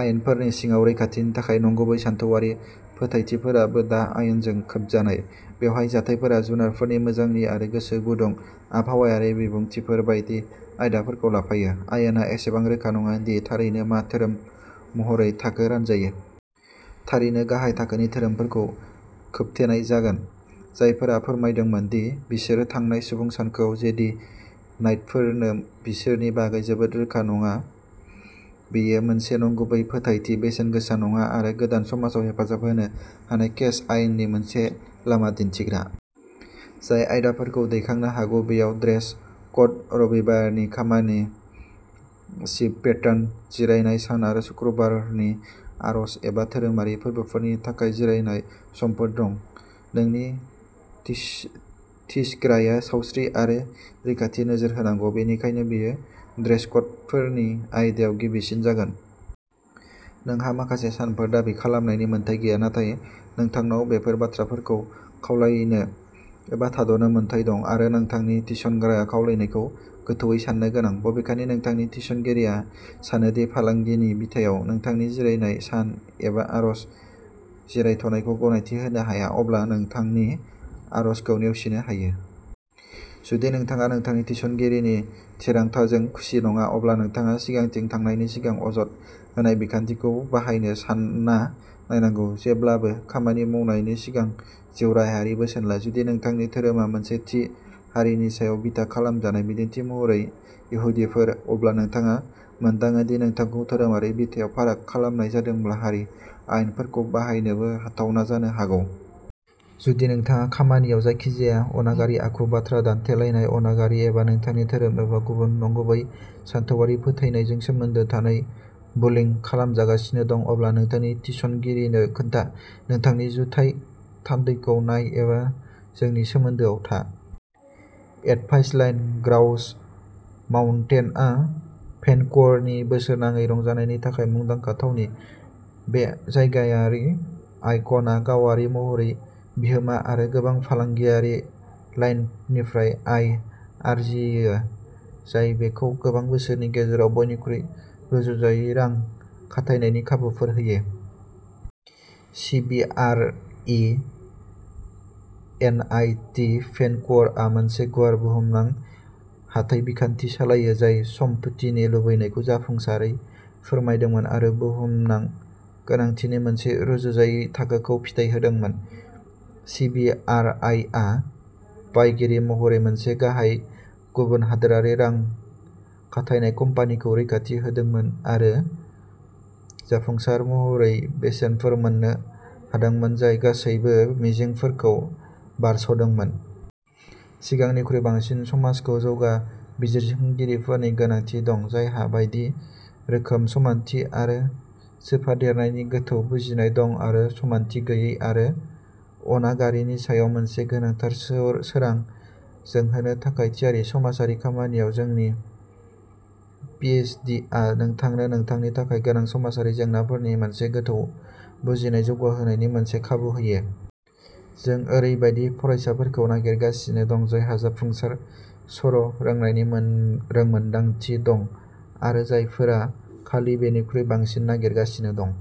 आयेनफोरनि सिङाव रैखाथिनि थाखाय। नंगुबै सानथौआरि फोथायथिफोराबो दा आयेनजों खोबजानाय। बेवहाय जाथायफोरा जुनारफोरनि मोजांनि आरो गोसो गुदुं आबहावायारि बिबुंथिफोर बायदि आयदाफोरखौ लाफायो। आयेनआ एसेबां रोखा नङा दि थारैनो मा "धोरोम" महरै थाखो रानजायो। थारैनो गाहाय थाखोनि धोरोमफोरखौ खोबथेनाय जागोन। जायफोरा फोरमायदोंमोन दि बिसोर थांनाय सुबुं सानखोआव जेदि नाइटफोरनोम, बिसोरनि बागै जोबोद रोखा नङा-बेयो मोनसे "नंगुबै" फोथायथि, बेसेनगोसा नङा आरो गोदान समाजाव हेफाजाब होनो हानाय-केस आयेननि मोनसे लामा दिन्थिग्रा। जाय आयदाफोरखौ दैखांनो हागौ बेयाव ड्रेस क'ड, रबिबारनि खामानि, सिफ्ट पेटार्न, जिरायनाय सान आरो शुक्रबारनि आरज एबा धोरोमारि फोरबोफोरनि थाखाय जिरायनाय समफोर दं। नोंनि थिस-थिसग्राया सावस्रि आरो रैखाथि नोजोर होनांगौ, बेनिखायनो बेयो ड्रेस क'डफोरनि आयदायाव गिबिसिन जागोन। नोंहा माखासे सानफोर दाबि खालामनायनि मोन्थाइ गैया। नाथाय नोंथांनाव बेफोर बाथ्राफोरखौ खावलायनो एबा थाद'नो मोन्थाइ दं, आरो नोंथांनि थिसनग्राया खावलायनायखौ गोथौवै सान्नो गोनां। बबेखानि, नोंथांनि थिसनगिरिया सानो दि फालांगिनि बिथायाव नोंथांनि जिरायनाय सान एबा आर'ज जिरायथ'नायखौ गनायथि होनो हाया, अब्ला नोंथांनि आर'जखौ नेवसिनो हायो। जुदि नोंथाङा नोंथांनि थिसनगिरिनि थिरांथाजों खुसि नङा, अब्ला नोंथाङा सिगांथिं थांनायनि सिगां अजद होनाय बिखान्थिखौ बाहायनो सानना नायनांगौ। जेब्लाबो खामानि मावनायनि सिगां जिउराहायारि बोसोन ला। जुदि नोंथांनि धोरोमा मोनसे थि हारिनि सायाव बिथा खालामजानाय, बिदिन्थि महरै इहुदिफोर, अब्ला नोंथाङा मोनदाङो दि नोंथांखौ धोरोमारि बिथायाव फाराग खालामनाय जादोंब्ला हारि आयेनफोरखौ बाहायनोबो हाथावना जानो हागौ। जुदि नोंथाङा खामानियाव जायखिजाया अनागारि आखु, बाथ्रा दानथेलायनाय, अनागारि एबा नोंथांनि धोरोम एबा गुबुन नंगुबै सानथौआरि फोथायनायजों सोमोन्दो थानाय बुलिं खालामजागासिनो दं, अब्ला नोंथांनि थिसनगिरिनो खोन्था, नोंथांनि जुथाइ थान्दैखौ नाय एबा जोंनि सोमोन्दोआव था। Advice line. ग्राउस माउन्टेनआ भेनकुवरनि बोसोरनाङै रंजानायनि थाखाय मुंदांखा थावनि। बे जायगायारि आइक'ना गावारि महरै बिहोमा आरो गोबां फालांगियारि लाइननिफ्राय आय आर्जियो, जाय बेखौ गोबां बोसोरनि गेजेराव बयनिख्रुइ रुजुजायै रां खाथायनायनि खाबुफोर होयो। सिबिआरइ एनआइटि-भेनकुवरआ मोनसे गुवार बुहुमनां हाथाय बिखान्थि सालायो जाय सम्पथिनि लुबैनायखौ जाफुंसारै फोरमायदोंमोन आरो बुहुमनां गोनांथिनि मोनसे रुजुजायै थाखोखौ फिथाय होदोंमोन। सिबिआरआइआ बायगिरि महरै मोनसे गाहाय गुबुन हादोरारि रां खाथायनाय कम्पानिखौ रैखाथि होदोंमोन आरो जाफुंसार महरै बेसेनफोर मोन्नो हादोंमोन जाय गासैबो मिजिंफोरखौ बारस'दोंमोन। सिगांनिख्रुइ बांसिन, समाजखौ जौगा बिजिरसंगिरिफोरनि गोनांथि दं जायहा बायदि रोखोम, समानथि आरो सोफादेरनायनि गोथौ बुजिनाय दं आरो समानथि गैयै आरो अनागारिनि सायाव मोनसे गोनांथार सो-सोरां जोंहोनो थाखाय थियारि। समाजारि खामानियाव जोंनि पिएइचडिआ नोंथांनो नोंथांनि थाखाय गोनां समाजारि जेंनाफोरनि मोनसे गोथौ बुजिनाय जौगाहोनायनि मोनसे खाबु होयो। जों ओरैबायदि फरायसाफोरखौ नागिरगासिनो दं जायहा जाफुंसार सर'रोंनायनि मोन रोंमोनदांथि दं आरो जायफोरा खालि बेनिख्रुइ बांसिन नागिरगासिनो दं।